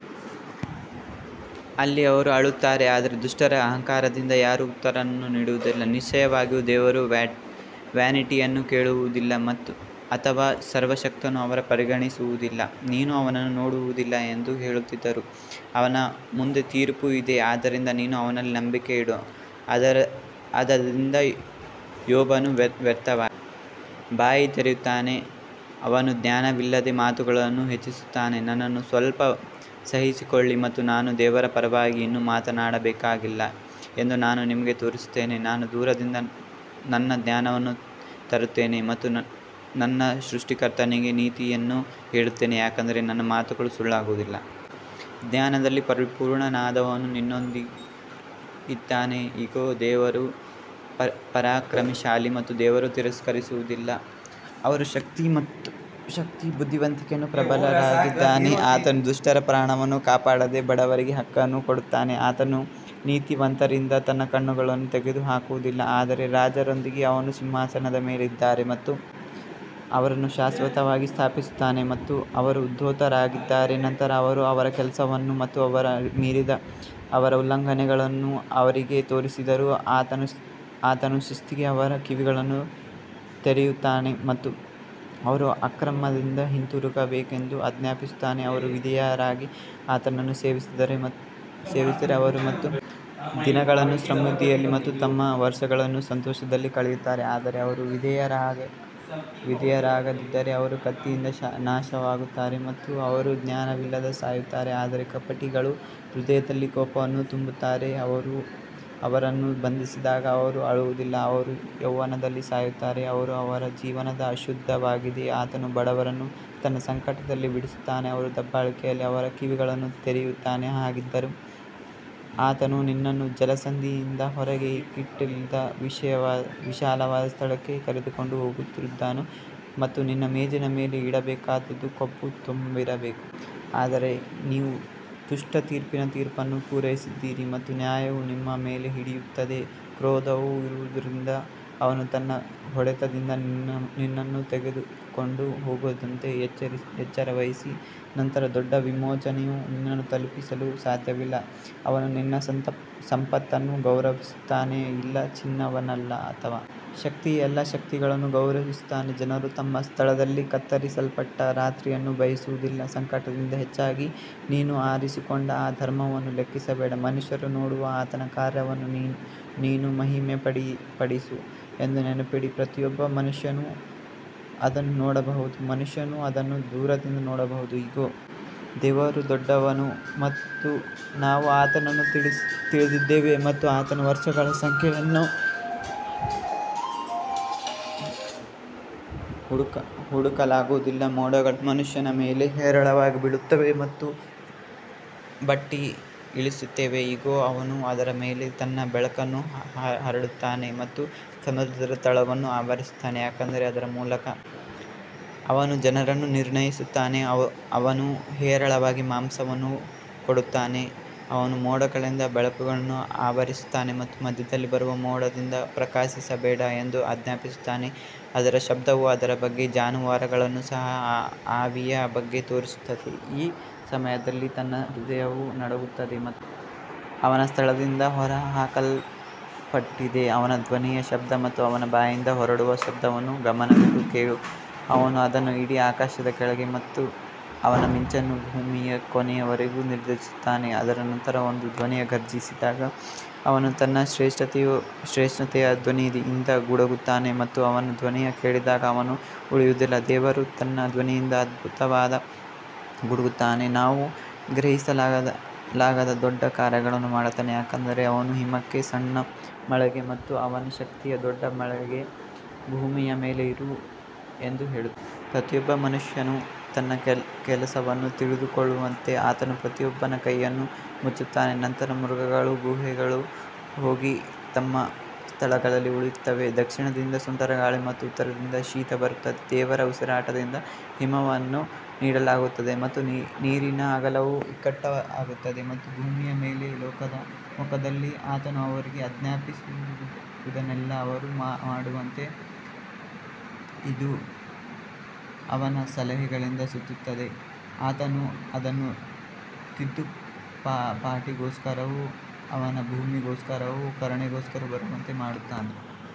ಅಲ್ಲಿ ಅವರು ಅಳುತ್ತಾರೆ ಆದರೆ ದುಷ್ಟರ ಅಹಂಕಾರದಿಂದ ಯಾರೂ ಉತ್ತರವನ್ನು ನೀಡುವುದಿಲ್ಲ ನಿಶ್ಚಯವಾಗಿಯೂ ದೇವರು ವ್ಯಾನಿಟಿಯನ್ನು ಕೇಳುವುದಿಲ್ಲ ಅಥವಾ ಸರ್ವಶಕ್ತನು ಅದನ್ನು ಪರಿಗಣಿಸುವುದಿಲ್ಲ ನೀನು ಅವನನ್ನು ನೋಡುವುದಿಲ್ಲ ಎಂದು ಹೇಳುತ್ತಿದ್ದರೂ ಅವನ ಮುಂದೆ ತೀರ್ಪು ಇದೆ ಆದ್ದರಿಂದ ನೀನು ಅವನಲ್ಲಿ ನಂಬಿಕೆಯಿಡು ಆದದರಿಂದ ಯೋಬನು ವ್ಯರ್ಥವಾಗಿ ಬಾಯಿ ತೆರೆಯುತ್ತಾನೆ, ಅವನು ಜ್ಞಾನವಿಲ್ಲದೆ ಮಾತುಗಳನ್ನು ಹೆಚ್ಚಿಸುತ್ತಾನೆ ನನ್ನನ್ನು ಸ್ವಲ್ಪ ಸಹಿಸಿಕೊಳ್ಳಿ ಮತ್ತು ನಾನು ದೇವರ ಪರವಾಗಿ ಇನ್ನೂ ಮಾತನಾಡಬೇಕಾಗಿಲ್ಲ ಎಂದು ನಾನು ನಿಮಗೆ ತೋರಿಸುತ್ತೇನೆ ನಾನು ದೂರದಿಂದ ನನ್ನ ಜ್ಞಾನವನ್ನು ತರುತ್ತೇನೆ ಮತ್ತು ನನ್ನ ಸೃಷ್ಟಿಕರ್ತನಿಗೆ ನೀತಿಯನ್ನು ಹೇಳುತ್ತೇನೆ ಯಾಕಂದರೆ ನನ್ನ ಮಾತುಗಳು ಸುಳ್ಳಾಗುವುದಿಲ್ಲ, ಜ್ಞಾನದಲ್ಲಿ ಪರಿಪೂರ್ಣನಾದವನು ನಿನ್ನೊಂದಿಗಿದ್ದಾನೆ ಇಗೋ, ದೇವರು ಪರಾಕ್ರಮಶಾಲಿ ಮತ್ತು ಯಾರನ್ನೂ ತಿರಸ್ಕರಿಸುವುದಿಲ್ಲ, ಅವರು ಶಕ್ತಿ ಮತ್ತು ಬುದ್ಧಿವಂತಿಕೆಯಲ್ಲಿ ಪ್ರಬಲರಾಗಿದ್ದಾರೆ ಆತನು ದುಷ್ಟರ ಪ್ರಾಣವನ್ನು ಕಾಪಾಡದೆ ಬಡವರಿಗೆ ಹಕ್ಕನ್ನು ಕೊಡುತ್ತಾನೆ ಆತನು ನೀತಿವಂತರಿಂದ ತನ್ನ ಕಣ್ಣುಗಳನ್ನು ತೆಗೆದುಹಾಕುವುದಿಲ್ಲ ಆದರೆ ರಾಜರೊಂದಿಗೆ ಅವರು ಸಿಂಹಾಸನದ ಮೇಲೆ ಇದ್ದಾರೆ ಮತ್ತು ಅವರನ್ನು ಶಾಶ್ವತವಾಗಿ ಸ್ಥಾಪಿಸುತ್ತಾನೆ ಮತ್ತು ಅವರು ಉದಾತ್ತರಾಗಿದ್ದಾರೆ ನಂತರ ಅವರು ಅವರ ಕೆಲಸವನ್ನು ಮತ್ತು ಅವರು ಮೀರಿದ ಅವರ ಉಲ್ಲಂಘನೆಗಳನ್ನು ಅವರಿಗೆ ತೋರಿಸಿದರು ಆತನು ಶಿಸ್ತಿಗೆ ಅವರ ಕಿವಿಯನ್ನು ತೆರೆಯುತ್ತಾನೆ ಮತ್ತು ಅವರು ಅಕ್ರಮದಿಂದ ಹಿಂತಿರುಗಬೇಕೆಂದು ಆಜ್ಞಾಪಿಸುತ್ತಾನೆ ಅವರು ವಿಧೇಯರಾಗಿ ಆತನನ್ನು ಸೇವಿಸಿದರೆ ಅವರು ತಮ್ಮ ದಿನಗಳನ್ನು ಸಮೃದ್ಧಿಯಲ್ಲಿ ಮತ್ತು ತಮ್ಮ ವರ್ಷಗಳನ್ನು ಸಂತೋಷದಲ್ಲಿ ಕಳೆಯುತ್ತಾರೆ ಆದರೆ ಅವರು ವಿಧೇಯರಾಗದಿದ್ದರೆ ಅವರು ಕತ್ತಿಯಿಂದ ನಾಶವಾಗುತ್ತಾರೆ ಮತ್ತು ಅವರು ಜ್ಞಾನವಿಲ್ಲದೆ ಸಾಯುತ್ತಾರೆ ಆದರೆ ಕಪಟಿಗಳು ಹೃದಯದಲ್ಲಿ ಕೋಪವನ್ನು ತುಂಬುತ್ತಾರೆ, ಅವರು ಅವರನ್ನು ಬಂಧಿಸಿದಾಗ ಅವರು ಅಳುವುದಿಲ್ಲ ಅವರು ಯೌವನದಲ್ಲಿ ಸಾಯುತ್ತಾರೆ ಮತ್ತು ಅವರ ಜೀವನವು ಅಶುದ್ಧವಾಗಿದೆ ಆತನು ಬಡವರನ್ನು ತನ್ನ ಸಂಕಟದಲ್ಲಿ ಬಿಡಿಸುತ್ತಾನೆ ಮತ್ತು ದಬ್ಬಾಳಿಕೆಯಲ್ಲಿ ಅವರ ಕಿವಿಗಳನ್ನು ತೆರೆಯುತ್ತಾನೆ ಹಾಗಿದ್ದರೂ ಆತನು ನಿನ್ನನ್ನು ಜಲಸಂಧಿಯಿಂದ ಹೊರಗೆ ಇಕ್ಕಟ್ಟಿಲ್ಲದ ವಿಶಾಲವಾದ ಸ್ಥಳಕ್ಕೆ ಕರೆದುಕೊಂಡು ಹೋಗುತ್ತಿದ್ದನು ಮತ್ತು ನಿನ್ನ ಮೇಜಿನ ಮೇಲೆ ಇಡಬೇಕಾದದ್ದು ಕೊಬ್ಬು ತುಂಬಿರಬೇಕು. ಆದರೆ ನೀವು ದುಷ್ಟ ತೀರ್ಪಿನ ತೀರ್ಪನ್ನು ಪೂರೈಸಿದ್ದೀರಿ ಮತ್ತು ನ್ಯಾಯವು ನಿಮ್ಮ ಮೇಲೆ ಹಿಡಿಯುತ್ತದೆ ಕ್ರೋಧವು ಇರುವುದರಿಂದ ಅವನು ತನ್ನ ಹೊಡೆತದಿಂದ ನಿನ್ನನ್ನು ತೆಗೆದುಕೊಂಡು ಹೋಗದಂತೆ ಎಚ್ಚರವಹಿಸಿ ನಂತರ ದೊಡ್ಡ ವಿಮೋಚನೆಯು ನಿನ್ನನ್ನು ತಲುಪಿಸಲು ಸಾಧ್ಯವಿಲ್ಲ ಅವನು ನಿನ್ನ ಸಂಪತ್ತನ್ನು ಗೌರವಿಸುತ್ತಾನೆಯೇ ಇಲ್ಲ ಚಿನ್ನವನ್ನಲ್ಲ ಅಥವಾ ಶಕ್ತಿಯ ಎಲ್ಲಾ ಶಕ್ತಿಗಳನ್ನು ಗೌರವಿಸುತ್ತಾನೆ ಜನರು ತಮ್ಮ ಸ್ಥಳದಲ್ಲಿ ಕತ್ತರಿಸಲ್ಪಟ್ಟ ರಾತ್ರಿಯನ್ನು ಬಯಸುವುದಿಲ್ಲ ಸಂಕಟಕ್ಕಿಂತ ಹೆಚ್ಚಾಗಿ ನೀನು ಆರಿಸಿಕೊಂಡ ಅಧರ್ಮವನ್ನು ಲೆಕ್ಕಿಸಬೇಡ ಮನುಷ್ಯರು ನೋಡುವ ಆತನ ಕಾರ್ಯವನ್ನು ನೀನು ಮಹಿಮೆಪಡಿಸು ಎಂದು ನೆನಪಿಡಿ ಪ್ರತಿಯೊಬ್ಬ ಮನುಷ್ಯನು ಅದನ್ನು ನೋಡಬಹುದು ಮನುಷ್ಯನು ಅದನ್ನು ದೂರದಿಂದ ನೋಡಬಹುದು ಇಗೋ ದೇವರು ದೊಡ್ಡವನು ಮತ್ತು ನಾವು ಆತನನ್ನು ತಿಳಿದಿದ್ದೇವೆ ಮತ್ತು ಆತನ ವರ್ಷಗಳ ಸಂಖ್ಯೆಯನ್ನು ಹುಡುಕಲಾಗುವುದಿಲ್ಲ ಮೋಡಗಳು ಮನುಷ್ಯನ ಮೇಲೆ ಹೇರಳವಾಗಿ ಬೀಳುತ್ತವೆ ಮತ್ತು ಬಟ್ಟಿ ಇಳಿಸುತ್ತವೆ ಇಗೋ, ಅವನು ಅದರ ಮೇಲೆ ತನ್ನ ಬೆಳಕನ್ನು ಹರಡುತ್ತಾನೆ ಮತ್ತು ಸಮುದ್ರದ ತಳವನ್ನು ಆವರಿಸುತ್ತಾನೆ ಯಾಕಂದರೆ ಅವರ ಮೂಲಕ ಅವನು ಜನರನ್ನು ನಿರ್ಣಯಿಸುತ್ತಾನೆ, ಅವನು ಹೇರಳವಾಗಿ ಮಾಂಸವನ್ನು ಕೊಡುತ್ತಾನೆ ಅವನು ಮೋಡಗಳಿಂದ ಬೆಳಕನ್ನು ಆವರಿಸುತ್ತಾನೆ ಮತ್ತು ಮಧ್ಯದಲ್ಲಿ ಬರುವ ಮೋಡದಿಂದ ಪ್ರಕಾಶಿಸಬೇಡ ಎಂದು ಆಜ್ಞಾಪಿಸುತ್ತಾನೆ ಅದರ ಶಬ್ದವು ಅದರ ಬಗ್ಗೆ ಜಾನುವಾರುಗಳನ್ನು ಸಹ ಆವಿಯ ಬಗ್ಗೆ ತೋರಿಸುತ್ತದೆ ಈ ಸಮಯದಲ್ಲಿ ನನ್ನ ಹೃದಯವು ನಡುಗುತ್ತದೆ ಮತ್ತು ಅವನ ಸ್ಥಳದಿಂದ ಹೊರಹಾಕಲ್ಪಟ್ಟಿದೆ ಅವನ ಧ್ವನಿಯ ಶಬ್ದ ಮತ್ತು ಅವನ ಬಾಯಿಂದ ಹೊರಡುವ ಶಬ್ದವನ್ನು ಗಮನವಿಟ್ಟು ಕೇಳು ಅವನು ಅದನ್ನು ಇಡೀ ಆಕಾಶದ ಕೆಳಗೆ ಮತ್ತು ಅವನ ಮಿಂಚನ್ನು ಭೂಮಿಯ ಕೊನೆಯವರೆಗೂ ನಿರ್ದೇಶಿಸುತ್ತಾನೆ ಅದರ ನಂತರ ಒಂದು ಧ್ವನಿಯು ಘರ್ಜಿಸಿದಾಗ ಅವನು ತನ್ನ ಶ್ರೇಷ್ಠತೆಯ ಧ್ವನಿಯಿಂದ ಗುಡುಗುತ್ತಾನೆ ಮತ್ತು ಅವನ ಧ್ವನಿ ಕೇಳಿದಾಗ ಅವನು ಉಳಿಯುವುದಿಲ್ಲ ದೇವರು ತನ್ನ ಧ್ವನಿಯಿಂದ ಅದ್ಭುತವಾಗಿ ಗುಡುಗುತ್ತಾನೆ, ನಾವು ಗ್ರಹಿಸಲಾಗದ ದೊಡ್ಡ ಕಾರ್ಯಗಳನ್ನು ಮಾಡುತ್ತಾನೆ ಯಾಕಂದರೆ ಅವನು ಹಿಮಕ್ಕೆ ಸಣ್ಣ ಮಳೆಗೆ ಮತ್ತು ಅವನ ಶಕ್ತಿಯ ದೊಡ್ಡ ಮಳೆಗೆ ಭೂಮಿಯ ಮೇಲೆ ಇರು ಎಂದು ಹೇಳುತ್ತಾನೆ. ಪ್ರತಿಯೊಬ್ಬ ಮನುಷ್ಯನು ತನ್ನ ಕೆಲಸವನ್ನು ತಿಳಿದುಕೊಳ್ಳುವಂತೆ ಆತನು ಪ್ರತಿಯೊಬ್ಬನ ಕೈಯನ್ನು ಮುಚ್ಚುತ್ತಾನೆ ನಂತರ ಮೃಗಗಳು ಗುಹೆಗಳಿಗೆ ಹೋಗಿ ತಮ್ಮ ಸ್ಥಳಗಳಲ್ಲಿ ಉಳಿಯುತ್ತವೆ ದಕ್ಷಿಣದಿಂದ ಸುಂಟರಗಾಳಿ ಮತ್ತು ಉತ್ತರದಿಂದ ಶೀತ ಬರುತ್ತದೆ ದೇವರ ಉಸಿರಾಟದಿಂದ ಹಿಮವನ್ನು ನೀಡಲಾಗುತ್ತದೆ ಮತ್ತು ನೀರಿನ ಅಗಲವು ಇಕ್ಕಟ್ಟಾಗುತ್ತದೆ ಮತ್ತು ಭೂಮಿಯ ಮೇಲೆ ಲೋಕದ ಮುಖದಲ್ಲಿ ಆತನು ಅವರಿಗೆ ಆಜ್ಞಾಪಿಸುವುದನ್ನೆಲ್ಲಾ ಅವರು ಮಾಡುವಂತೆ ಅದು ಅವನ ಸಲಹೆಗಳಿಂದ ಸುತ್ತುತ್ತದೆ. ಆತನು ಅದನ್ನು ತಿದ್ದುಪಾಟಿಗೋಸ್ಕರವೋ ಅವನ ಭೂಮಿಗೋಸ್ಕರವೋ ಕರುಣೆಗೋಸ್ಕರ ಬರುವಂತೆ ಮಾಡುತ್ತಾನೆ.